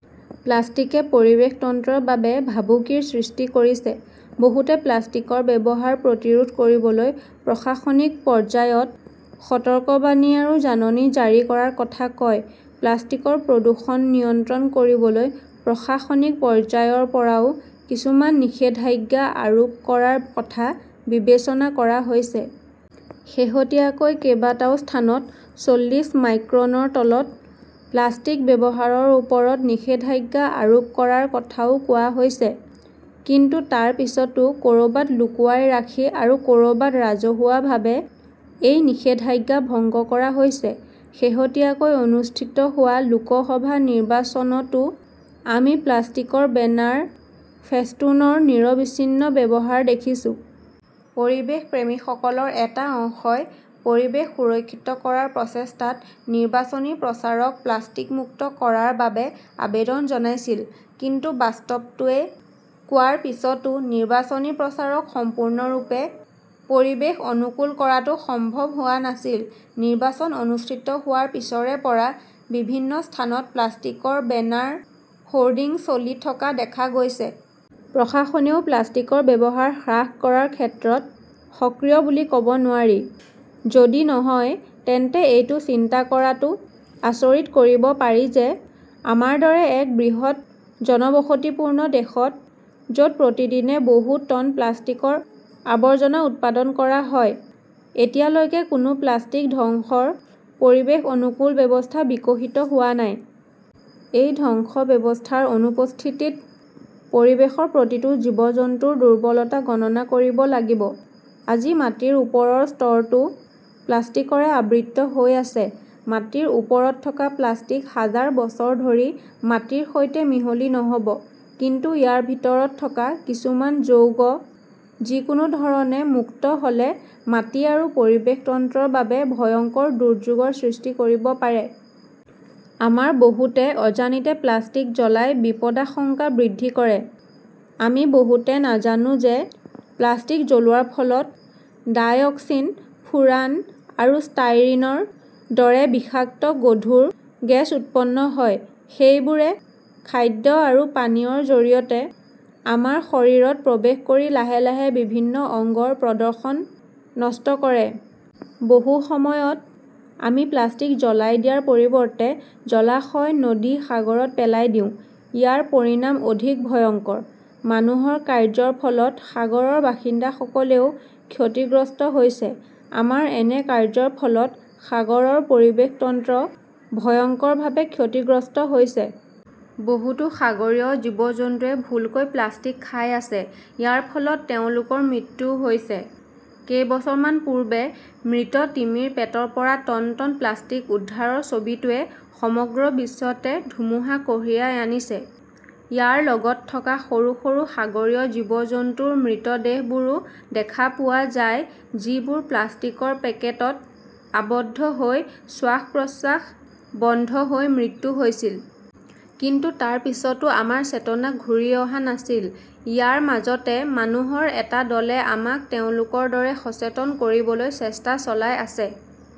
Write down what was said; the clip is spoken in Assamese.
প্লাষ্টিকে পৰিৱেশ তন্ত্ৰৰ বাবে ভাবুকিৰ সৃষ্টি কৰিছে। বহুতে প্লাষ্টিকৰ ব্যৱহাৰ প্ৰতিৰোধ কৰিবলৈ প্ৰশাসনিক পৰ্যায়ত সতৰ্কবাণী আৰু জাননী জাৰি কৰাৰ কথা কয়। প্লাষ্টিকৰ প্ৰদূষণ নিয়ন্ত্ৰণ কৰিবলৈ প্ৰশাসনিক পৰ্যায়ৰ পৰাও কিছুমান নিষেধাজ্ঞা আৰোপ কৰাৰ কথা বিবেচনা কৰা হৈছে। শেহতীয়াকৈ কেইবাটাও স্থানত চল্লিশ মাইক্ৰনৰ তলত প্লাষ্টিক ব্যৱহাৰৰ ওপৰত নিষেধাজ্ঞা আৰোপ কৰাৰ কথাও কোৱা হৈছে। কিন্তু তাৰ পিছতো ক'ৰবাত লুকুৱাই ৰাখি আৰু ক'ৰবাত ৰাজহুৱাভাৱে এই নিষেধাজ্ঞা ভংগ কৰা হৈছে। শেহতীয়াকৈ অনুষ্ঠিত হোৱা লোকসভা নিৰ্বাচনতও আমি প্লাষ্টিকৰ বেনাৰ ফেষ্টুনৰ নিৰবিচ্ছিন্ন ব্যৱহাৰ দেখিছো। পৰিৱেশ প্ৰেমীসকলৰ এটা অংশই পৰিৱেশ সুৰক্ষিত কৰাৰ প্ৰচেষ্টাত নিৰ্বাচনী প্ৰচাৰক 'প্লাষ্টিক মুক্ত "কৰাৰ বাবে আবেদন জনাইছিল। কিন্তু বাস্তৱটোৱে কোৱাৰ পিছতো নিৰ্বাচনী প্ৰচাৰক সম্পূৰ্ণৰূপে 'পৰিৱেশ অনুকূল' কৰাটো সম্ভৱ হোৱা নাছিল। নিৰ্বাচন অনুষ্ঠিত হোৱাৰ পিছৰে পৰা বিভিন্ন স্থানত প্লাষ্টিকৰ বেনাৰ হোৰ্ডিং চলি থকা দেখা গৈছে। প্ৰশাসনেও প্লাষ্টিকৰ ব্যৱহাৰ হ্ৰাস কৰাৰ ক্ষেত্ৰত সক্ৰিয় বুলি ক'ব নোৱাৰি। যদি নহয়, তেন্তে এইটো চিন্তা কৰাটো আচৰিত কৰিব পাৰি যে আমাৰ দৰে এক বৃহৎ জনবসতিপূৰ্ণ দেশত, য 'ত প্ৰতিদিনে বহু টন প্লাষ্টিকৰ আৱৰ্জনা উৎপাদন কৰা হয়, এতিয়ালৈকে কোনো প্লাষ্টিক ধ্বংসৰ পৰিৱেশ-অনুকূল ব্যৱস্থা বিকশিত হোৱা নাই। এই ধ্বংস ব্যৱস্থাৰ অনুপস্থিতিত পৰিৱেশৰ প্ৰতিটো জীৱ-জন্তুৰ দুৰ্বলতা গণনা কৰিব লাগিব। আজি মাটিৰ ওপৰৰ স্তৰটো প্লাষ্টিকৰে আবৃত হৈ আছে। মাটিৰ ওপৰত থকা প্লাষ্টিক হাজাৰ বছৰ ধৰি মাটিৰ সৈতে মিহলি নহ'ব। কিন্তু ইয়াৰ ভিতৰত থকা কিছুমান যৌগ যিকোনো ধৰণে মুক্ত হ'লে মাটি আৰু পৰিৱেশ তন্ত্ৰৰ বাবে ভয়ংকৰ দুৰ্যোগৰ সৃষ্টি কৰিব পাৰে। আমাৰ বহুতে অজানিতে প্লাষ্টিক জ্বলাই বিপদাশংকা বৃদ্ধি কৰে। আমি বহুতে নাজানো যে প্লাষ্টিক জ্বলোৱাৰ ফলত ডাইঅক্সিন, ফুৰান আৰু ষ্টাইৰিনৰ দৰে বিষাক্ত গধুৰ গেছ উৎপন্ন হয়। সেইবোৰে খাদ্য আৰু পানীয়ৰ জৰিয়তে আমাৰ শৰীৰত প্ৰৱেশ কৰি লাহে লাহে বিভিন্ন অংগৰ প্ৰদৰ্শন নষ্ট কৰে। বহু সময়ত আমি প্লাষ্টিক জ্বলাই দিয়াৰ পৰিৱৰ্তে জলাশয়, নদী, সাগৰত পেলাই দিওঁ। ইয়াৰ পৰিণাম অধিক ভয়ংকৰ। মানুহৰ কাৰ্যৰ ফলত সাগৰৰ বাসিন্দাসকলেও ক্ষতিগ্ৰস্ত হৈছে। আমাৰ এনে কাৰ্য্যৰ ফলত সাগৰৰ পৰিৱেশ তন্ত্ৰ ভয়ংকৰভাৱে ক্ষতিগ্ৰস্ত হৈছে। বহুতো সাগৰীয় জীৱ-জন্তুৱে ভুলকৈ প্লাষ্টিক খাই আছে। ইয়াৰ ফলত তেওঁলোকৰ মৃত্যুও হৈছে। কেইবছৰমান পূৰ্বে মৃত তিমিৰ পেটৰ পৰা টন টন প্লাষ্টিক উদ্ধাৰৰ ছবিটোৱে সমগ্ৰ বিশ্বতে ধুমুহা কঢ়িয়াই আনিছে। ইয়াৰ লগত থকা সৰু সৰু সাগৰীয় জীৱ-জন্তুৰ মৃতদেহবোৰো দেখা পোৱা যায় যিবোৰ প্লাষ্টিকৰ পেকেটত আবদ্ধ হৈ শ্বাস-প্ৰশ্বাস বন্ধ হৈ মৃত্যু হৈছিল। কিন্তু তাৰ পিছতো আমাৰ চেতনা ঘূৰি অহা নাছিল। ইয়াৰ মাজতে মানুহৰ এটা দলে আমাক তেওঁলোকৰ দৰে সচেতন কৰিবলৈ চেষ্টা চলাই আছে।